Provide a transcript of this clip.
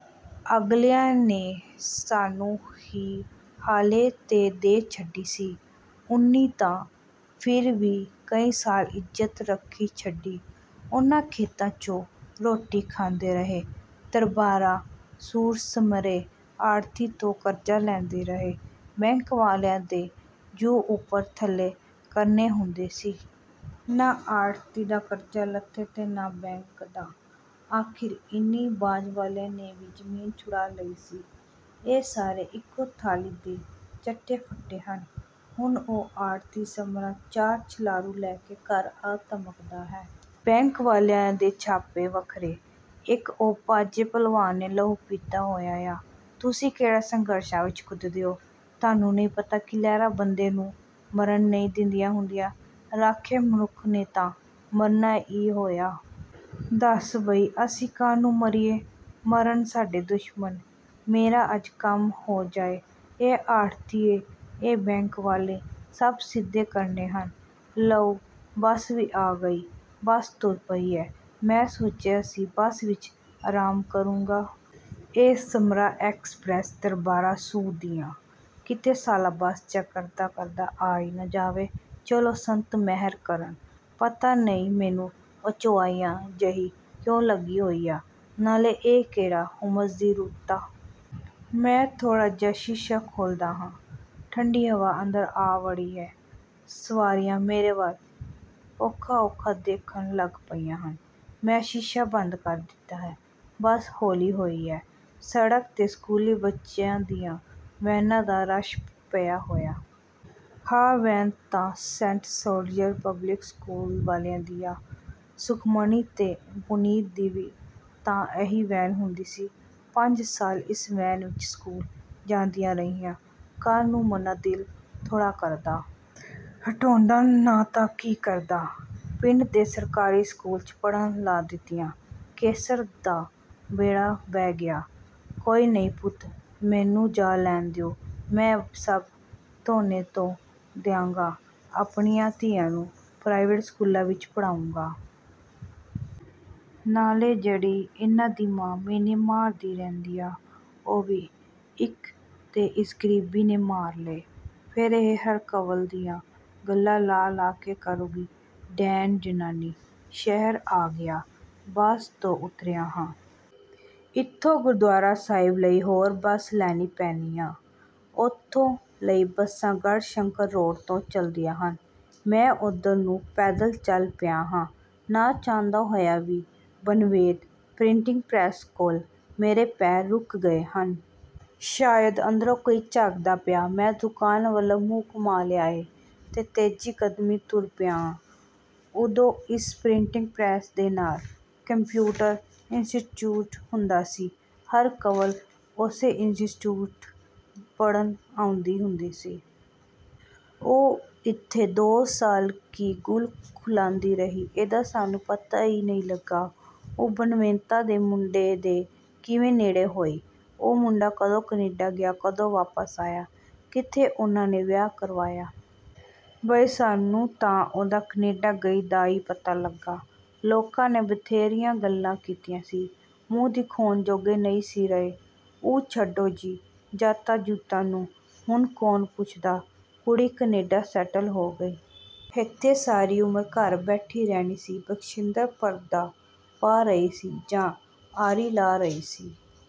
ਅਗਲਿਆਂ ਨੇ ਸਾਨੂੰ ਹੀ ਹਾਲੇ 'ਤੇ ਦੇ ਛੱਡੀ ਸੀ। ਉਨ੍ਹੀਂ ਤਾਂ ਫਿਰ ਵੀ ਕਈ ਸਾਲ ਇੱਜ਼ਤ ਰੱਖੀ ਛੱਡੀ। ਉਨ੍ਹਾਂ ਖੇਤਾਂ ਚੋਂ ਰੋਟੀ ਖਾਂਦੇ ਰਹੇ। ਦਰਬਾਰਾ ਸੁੰਹ ਸਮਰੇ ਆੜ੍ਹਤੀ ਤੋਂ ਕਰਜ਼ਾ ਲੈਂਦੇ ਰਹੇ। ਬੈਂਕ ਵਾਲਿਆਂ ਦੇ ਜੂੰ ਉੱਪਰ ਥੱਲੇ ਕਰਨੇ ਹੁੰਦੇ ਸੀ। ਨਾ ਆੜ੍ਹਤੀ ਦਾ ਕਰਜ਼ਾ ਲੱਥਾ ਤੇ ਨਾ ਬੈਂਕ ਦਾ। ਆਖ਼ਿਰ ਇਨਈਂ ਬਾਜ਼ ਵਾਲਿਆਂ ਨੇ ਵੀ ਜ਼ਮੀਨ ਛੁਡਾ ਲਈ ਸੀ। ਇਹ ਸਾਰੇ ਇਕੋ ਥਾਲੀ ਦੇ ਚੱਟੇ-ਵੱਟੇ ਹਨ। ਹੁਣ ਉਹ ਆੜ੍ਹਤੀ ਸਮਰਾ ਚਾਰ ਛਲਾਰੂ ਲੈ ਕੇ ਘਰ ਆ ਧਮਕਦਾ ਹੈ। ਬੈਂਕ ਵਾਲਿਆਂ ਦੇ ਛਾਪੇ ਵੱਖਰੇ। ਇਕ ਉਹ ਬਾਜੇ ਭਲਵਾਨ ਨੇ ਲਹੂ ਪੀਤਾ ਹੋਇਆ ਆ। "ਤੁਸੀਂ ਕਿਹੜਾ ਸੰਘਰਸ਼ਾਂ ਵਿੱਚ ਕੁੱਦਦੇ ਓ। ਤੁਹਾਨੂੰ ਨਈਂ ਪਤਾ ਕਿ ਲਹਿਰਾਂ ਬੰਦੇ ਨੂੰ ਮਰਨ ਨਈਂ ਦਿੰਦੀਆਂ ਹੁੰਦੀਆਂ। ਹਾਰੇ ਮਨੁੱਖ ਨੇ ਤਾਂ ਮਰਨਾ ਈ ਹੋਇਆ। " ਦੱਸ ਬਈ ਅਸੀਂ ਕਾਹਨੂੰ ਮਰੀਏ, ਮਰਨ ਸਾਡੇ ਦੁਸ਼ਮਣ। ਮੇਰਾ ਅੱਜ ਕੰਮ ਹੋ ਜਾਏ। ਇਹ ਆੜ੍ਹਤੀਏ, ਇਹ ਬੈਂਕ ਵਾਲੇ… ਸਭ ਸਿੱਧੇ ਕਰਨੇ ਹਨ। ਲਉ ਬੱਸ ਵੀ ਆ ਗਈ। ਬੱਸ ਤੁਰ ਪਈ ਹੈ। ਮੈਂ ਸੋਚਿਆ ਸੀ-ਬੱਸ ਵਿੱਚ ਆਰਾਮ ਕਰੂੰਗਾ। ਇਹ ਸਮਰਾ ਐਕਸਪ੍ਰੈੱਸ ਦਰਬਾਰਾ ਸੁੰਹ ਦੀ ਆ। ਕਿਤੇ ਸਾਲਾ ਬੱਸ ਚੈੱਕ ਕਰਦਾ ਕਰਦਾ ਆਈ ਨਾ ਜਾਵੇ। ਚਲੋ ਸੰਤ ਮੇਹਰ ਕਰਨ। ਪਤਾ ਨਈਂ ਮੈਨੂੰ ਅਚੋਆਈ ਜਿਹੀ ਕਿਉਂ ਲੱਗੀ ਹੋਈ ਆ। ਨਾਲੇ ਇਹ ਕਿਹੜਾ ਹੁੰਮਸ ਦੀ ਰੁੱਤ ਆ? ਮੈਂ ਥੋੜ੍ਹਾ ਜਿਹਾ ਸ਼ੀਸ਼ਾ ਖੋਲ੍ਹਦਾ ਹਾਂ। ਠੰਡੀ ਹਵਾ ਅੰਦਰ ਆ ਵੜੀ ਹੈ। ਸਵਾਰੀਆਂ ਮੇਰੇ ਵੱਲ ਔਖਾ-ਔਖਾ ਦੇਖਣ ਲੱਗ ਪਈਆਂ ਹਨ। ਮੈਂ ਸ਼ੀਸ਼ਾ ਬੰਦ ਕਰ ਦਿੱਤਾ ਹੈ। ਬੱਸ ਹੌਲੀ ਹੋਈ ਹੈ। ਸੜਕ 'ਤੇ ਸਕੂਲੀ ਬੱਚਿਆਂ ਦੀਆਂ ਵੈਨਾਂ ਦਾ ਰਸ਼ ਪਿਆ ਹੋਇਆ। ਹਾਅ ਵੈਨ ਤਾਂ ਸੈਂਟ ਸੋਲਜ਼ੀਅਰ ਪਬਲਿਕ ਸਕੂਲ ਵਾਲਿਆਂ ਦੀ ਆ। ਸੁਖਮਣੀ ਤੇ ਪੁਨੀਤ ਦੀ ਵੀ ਤਾਂ ਇਹੀ ਵੈਨ ਹੁੰਦੀ ਸੀ। ਪੰਜ ਸਾਲ ਇਸ ਵੈਨ ਵਿੱਚ ਸਕੂਲ ਜਾਂਦੀਆਂ ਰਹੀਆਂ।… ਕਾਹਨੂੰ ਮਨਾਂ ਦਿਲ ਥੋੜ੍ਹਾ ਕਰਦਾ। ਹਟੌਂਦਾ ਨਾ ਤਾਂ ਕੀ ਕਰਦਾ? ਪਿੰਡ ਦੇ ਸਰਕਾਰੀ ਸਕੂਲ 'ਚ ਪੜ੍ਹਨ ਲਾ ਦਿੱਤੀਆਂ। ਕੇਸਰ ਦਾ ਬੇੜਾ ਬਹਿ ਗਿਆ। ਕੋਈ ਨਈਂ ਪੁੱਤ, ਮੈਨੂੰ ਜਾ ਲੈਣ ਦਿਓ। ਮੈਂ ਸਭ ਧੋਣੇ ਧੋ ਦਿਆਂਗਾ। ਆਪਣੀਆਂ ਧੀਆਂ ਨੂੰ ਪ੍ਰਾਈਵੇਟ ਸਕੂਲਾਂ ਵਿੱਚ ਪੜ੍ਹਾਊਂਗਾ। ਨਾਲੇ ਜਿਹੜੀ ਇਨ੍ਹਾਂ ਦੀ ਮਾਂ ਮਿਹਣੇ ਮਾਰਦੀ ਰਹਿੰਦੀ ਆ, ਉਹ ਵੀ…। ਇੱਕ ਤੇ ਇਸ ਗਰੀਬੀ ਨੇ ਮਾਰ ਲਏ। ਫਿਰ ਇਹ ਹਰਕੰਵਲ ਦੀਆਂ ਗੱਲਾਂ ਲਾ-ਲਾ ਕੇ ਕਰੰੂਗੀ। ਡੈਣ ਜ਼ਨਾਨੀ। ਸ਼ਹਿਰ ਆ ਗਿਆ। ਬੱਸ ਤੋਂ ਉਤਰਿਆ ਹਾਂ। ਇਥੋਂ ਗੁਰਦੁਆਰਾ ਸਾਹਿਬ ਲਈ ਹੋਰ ਬੱਸ ਲੈਣੀ ਪੈਣੀ ਆ। ਉਥੇ ਲਈ ਬੱਸਾਂ ਗੜ੍ਹਸ਼ੰਕਰ ਰੋਡ ਤੋਂ ਚਲਦੀਆਂ ਹਨ। ਮੈਂ ਉੱਧਰ ਨੂੰ ਪੈਦਲ ਚੱਲ ਪਿਆ ਹਾਂ।… ਨਾ ਚਾਹੁੰਦਿਆਂ ਹੋਇਆਂ ਵੀ ਬਣਵੈਤ ਪ੍ਰਿੰਟਿੰਗ ਪ੍ਰੈੱਸ ਕੋਲ ਮੇਰੇ ਪੈਰ ਰੁਕ ਗਏ ਹਨ। ਸ਼ਾਇਦ ਅੰਦਰੋਂ ਕੋਈ ਝਾਕਦਾ ਪਿਆ। ਮੈਂ ਦੁਕਾਨ ਵੱਲੋਂ ਮੂੰਹ ਘੁਮਾ ਲਿਆ ਏ।… ਤੇ ਤੇਜ਼ ਕਦਮੀਂ ਤੁਰ ਪਿਆ ਆਂ। ਉਦੋਂ ਇਸ ਪਿ੍ਰੰਟਿੰਗ ਪ੍ਰੈਸ ਦੇ ਨਾਲ ਕੰਪਿਊਟਰ ਇੰਸਟੀਚਿਊਟ ਹੁੰਦਾ ਸੀ। ਹਰਕੰਵਲ ਉਸੇ ਇੰਸਟੀਚਿਊਟ ਪੜ੍ਹਨ ਆਉਂਦੀ ਹੁੰਦੀ ਸੀ। ਉਹ ਇੱਥੇ ਦੋ ਸਾਲ ਕੀ ਗੁੱਲ ਖੁਲਾਂਦੀ ਰਹੀ। ਇਹਦਾ ਸਾਨੂੰ ਪਤਾ ਈ ਨਈਂ ਲੱਗਾ। ਉਹ ਬਣਵੈਤਾਂ ਦੇ ਮੁੰਡੇ ਦੇ ਕਿਵੇਂ ਨੇੜੇ ਹੋਈ। ਉਹ ਮੁੰਡਾ ਕਦੋਂ ਕਨੈਡਾ ਗਿਆ। ਕਦੋਂ ਵਾਪਸ ਆਇਆ। ਕਿੱਥੇ ਉਹਨਾਂ ਨੇ ਵਿਆਹ ਕਰਵਾਇਆ। ਬਈ ਸਾਨੂੰ ਤਾਂ ਉਹਦਾ ਕਨੈਡਾ ਗਈ ਦਾ ਈ ਪਤਾ ਲੱਗਾ। ਲੋਕਾਂ ਨੇ ਬਥੇਰੀਆਂ ਗੱਲਾਂ ਕੀਤੀਆਂ ਸੀ। ਮੂੰਹ ਦਿਖਾਉਣ ਜੋਗੇ ਨਈਂ ਸੀ ਰਹੇ। "ਉਹ ਛੱਡੋ ਜੀ ਜਾਤਾਂ ਜੂਤਾਂ ਨੂੰ। ਹੁਣ ਕੌਣ ਪੁੱਛਦਾ? ਕੁੜੀ ਕਨੈਡਾ ਸੈਟਲ ਹੋ ਗਈ। ਹੈਥੇ ਸਾਰੀ ਉਮਰ ਘਰ ਬੈਠੀ ਰਹਿਣੀ ਸੀ। " ਬਖਸ਼ਿੰਦਰ ਪਰਦਾ ਪਾ ਰਹੀ ਸੀ ਜਾਂ ਆਰੀ ਲਾ ਰਹੀ ਸੀ।